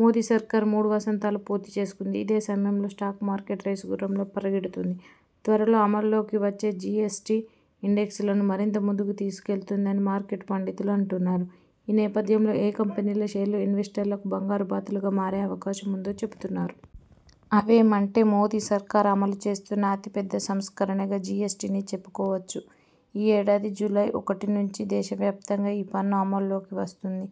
మోదీ సర్కార్ మూడు వసంతాలు పూర్తి చేసుకుంది. ఇదే సమయంలో స్టాక్ మార్కెట్ రేసు గుర్రంలా పరుగెడుతోంది. త్వరలో అమల్లోకి వచ్చే జిఎ్సటి, ఇండెక్స్ లను మరింత ముందుకు తీసుకెళుతుందని మార్కెట్ పండితులు అంటున్నారు. ఈ నేపథ్యంలో ఏ కంపెనీల షేర్లు ఇన్వెస్టర్లకు బంగారు బాతులుగా మారే అవకాశం ఉందో చెబుతున్నారు. అవేమంటే..? మోదీ సర్కార్ అమలు చేస్తున్న అతి పెద్ద సంస్కరణగా జిఎస్టిని చెప్పుకోవచ్చు. ఈ ఏడాది జూలై ఒకటి నుంచి దేశ వ్యాప్తంగా ఈ పన్ను అమల్లోకి వస్తోంది.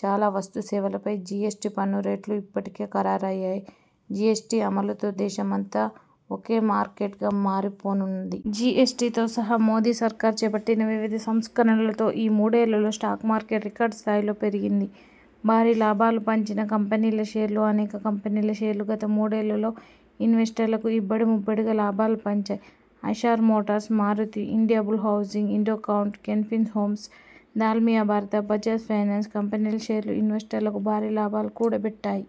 చాలా వస్తు, సేవలపై జిఎస్టి పన్ను రేట్లు ఇప్పటికే ఖరారయ్యాయి. జిఎ్సటి అమలుతో దేశమంతా ఒకే మార్కెట్గా మారిపోనుంది. జిఎస్టితో సహా మోదీ సర్కార్ చేపట్టిన వివిధ సంస్కరణలతో ఈ మూడేళ్లలో స్టాక్ మార్కెట్టూ రికార్డు స్థాయిలో పెరిగింది. భారీ లాభాలు పంచిన కంపెనీల షేర్లు అనేక కంపెనీల షేర్లు గత మూడేళ్లలో ఇన్వెస్టర్లకు ఇబ్బడి ముబ్బడిగా లాభాలు పంచాయి. Eicher Motors, Maruti, India Bull Housing, Indo Count, Can Fin Homes, Dalmia Bharat, Bajaj finance కంపెనీల షేర్లూ ఇన్వెస్టర్లకు భారీ లాభాలు కూడబెట్టాయి.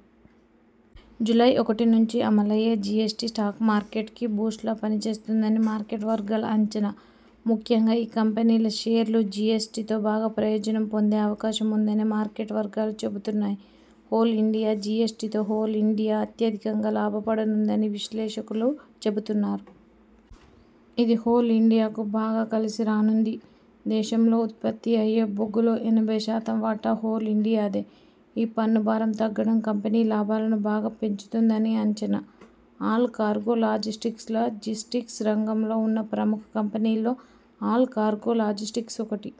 జూలై ఒకటి నుంచి అమలయ్యే జిఎ్సటి స్టాక్ మార్కెట్కీ బూస్ట్లా పని చేస్తుందని మార్కెట్ వర్గాల అంచనా. ముఖ్యంగా ఈ కంపెనీల షేర్లు జిఎ్సటితో బాగా ప్రయోజనం పొందే అవకాశం ఉందని మార్కెట్ వర్గాలు చెబుతున్నాయి. హోల్ ఇండియా జిఎస్టితో హోల్ ఇండియా అత్యధికంగా లాభపడనుందని విశ్లేషకులు చెబుతున్నారు. ఇది హోల్ ఇండియాకు బాగా కలిసి రానుంది. దేశంలో ఉత్పత్తి అయ్యే బొగ్గులో ఎనభై శాతం వాటా హోల్ ఇండియాదే. ఈ పన్ను భారం తగ్గడం కంపెనీ లాభాలను బాగా పెంచుతుందని అంచనా. ఆల్ కార్గో లాజిస్టిక్స్లాజిస్టిక్స్ రంగంలో ఉన్న ప్రముఖ కంపెనీల్లో ఆల్ కార్గో లాజిస్టిక్స్ ఒకటి.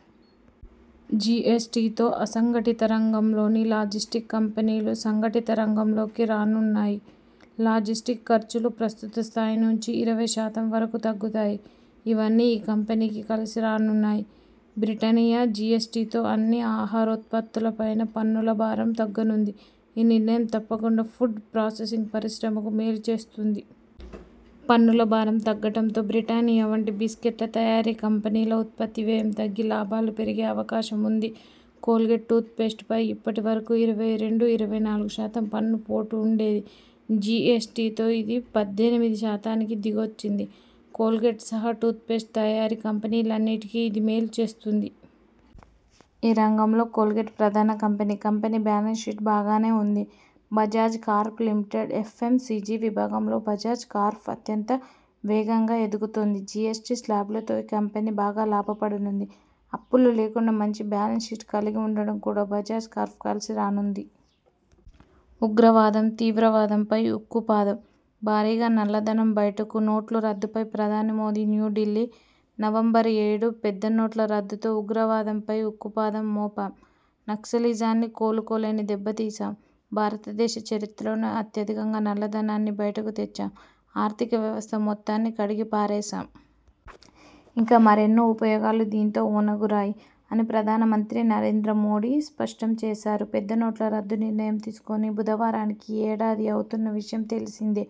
జిఎస్టితో అసంఘటిత రంగంలోని లాజిస్టిక్ కంపెనీలూ సంఘటిత రంగంలోకి రానున్నాయి. లాజిస్టిక్ ఖర్చులూ ప్రస్తుత స్థాయి నుంచి ఇరవై శాతం వరకు తగ్గుతాయి. ఇవన్నీ ఈ కంపెనీకి కలిసి రానున్నాయి. బ్రిటానియా జిఎ్సటితో అన్ని ఆహారోత్పత్తుల పైనా పన్నుల భారం తగ్గనుంది. ఈ నిర్ణయం తప్పకుండా ఫుడ్ ప్రాసెసింగ్ పరిశ్రమకు మేలు చేస్తుంది. పన్నుల భారం తగ్గడంతో బ్రిటానియా వంటి బిస్కట్ల తయారీ కంపెనీల ఉత్పత్తి వ్యయం తగ్గి లాభాలు పెరిగే అవకాశం ఉంది. కోల్గేట్టూత్ పేస్టుపై ఇప్పటి వరకు ఇరవై రెండు-ఇరవై నాలుగు శాతం పన్ను పోటు ఉండేది. జిఎ్సటితో ఇది పద్దెనిమిది శాతానికి దిగొచ్చింది. కోల్గేట్ సహా టూత్ పేస్టు తయారీ కంపెనీలన్నిటికి ఇది మేలు చేస్తుంది. ఈ రంగంలో కోల్గేట్ ప్రధాన కంపెనీ. కంపెనీ బ్యాలెన్స్ షీటూ బాగానే ఉంది. బజాజ్ కార్ప్ లిమిటెడ్ ఎఫ్ఎంసిజి విభాగంలో బజాజ్ కార్ప్ అత్యంత వేగంగా ఎదుగుతోంది. జిఎస్టి శ్లాబులతో ఈ కంపెనీ బాగా లాభపడనుంది. అప్పులు లేకుండా మంచి బ్యాలెన్స్ షీట్ కలిగి ఉండడం కూడా బజాజ్ కార్ప్కు కలిసి రానుంది. ఉగ్రవాదం, తీవ్రవాదంపై ఉక్కుపాదం.. భారీగా నల్ల ధనం బయటకు నోట్ల రద్దుపై ప్రధాని మోదీ న్యూఢిల్లీ, నవంబరు ఏడు ''పెద్ద నోట్ల రద్దుతో ఉగ్రవాదంపై ఉక్కుపాదం మోపాం. నక్సలిజాన్ని కోలుకోలేని దెబ్బతీశాం. భారతదేశ చరిత్రలోనే అత్యధికంగా నల్ల ధనాన్ని బయటకు తెచ్చాం. ఆర్థిక వ్యవస్థ మొత్తాన్ని కడిగి పారేశాం. ఇంకా మరెన్నో ఉపయోగాలు దీంతో ఒనగూరాయి'' అని ప్రధాన మంత్రి నరేంద్ర మోదీ స్పష్టం చేశారు. పెద్ద నోట్ల రద్దు నిర్ణయం తీసుకుని బుధవారానికి ఏడాది అవుతున్న విషయం తెలిసిందే.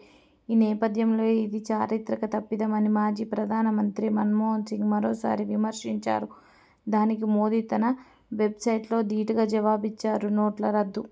ఈ నేపథ్యంలో, ఇది 'చారిత్రక తప్పిదం' అని మాజీ ప్రధాన మంత్రి మన్మోహన్ సింగ్ మరోసారి విమర్శించారు. దానికి మోదీ తన వెబ్సైట్లో దీటుగా జవాబిచ్చారు. నోట్ల రద్దు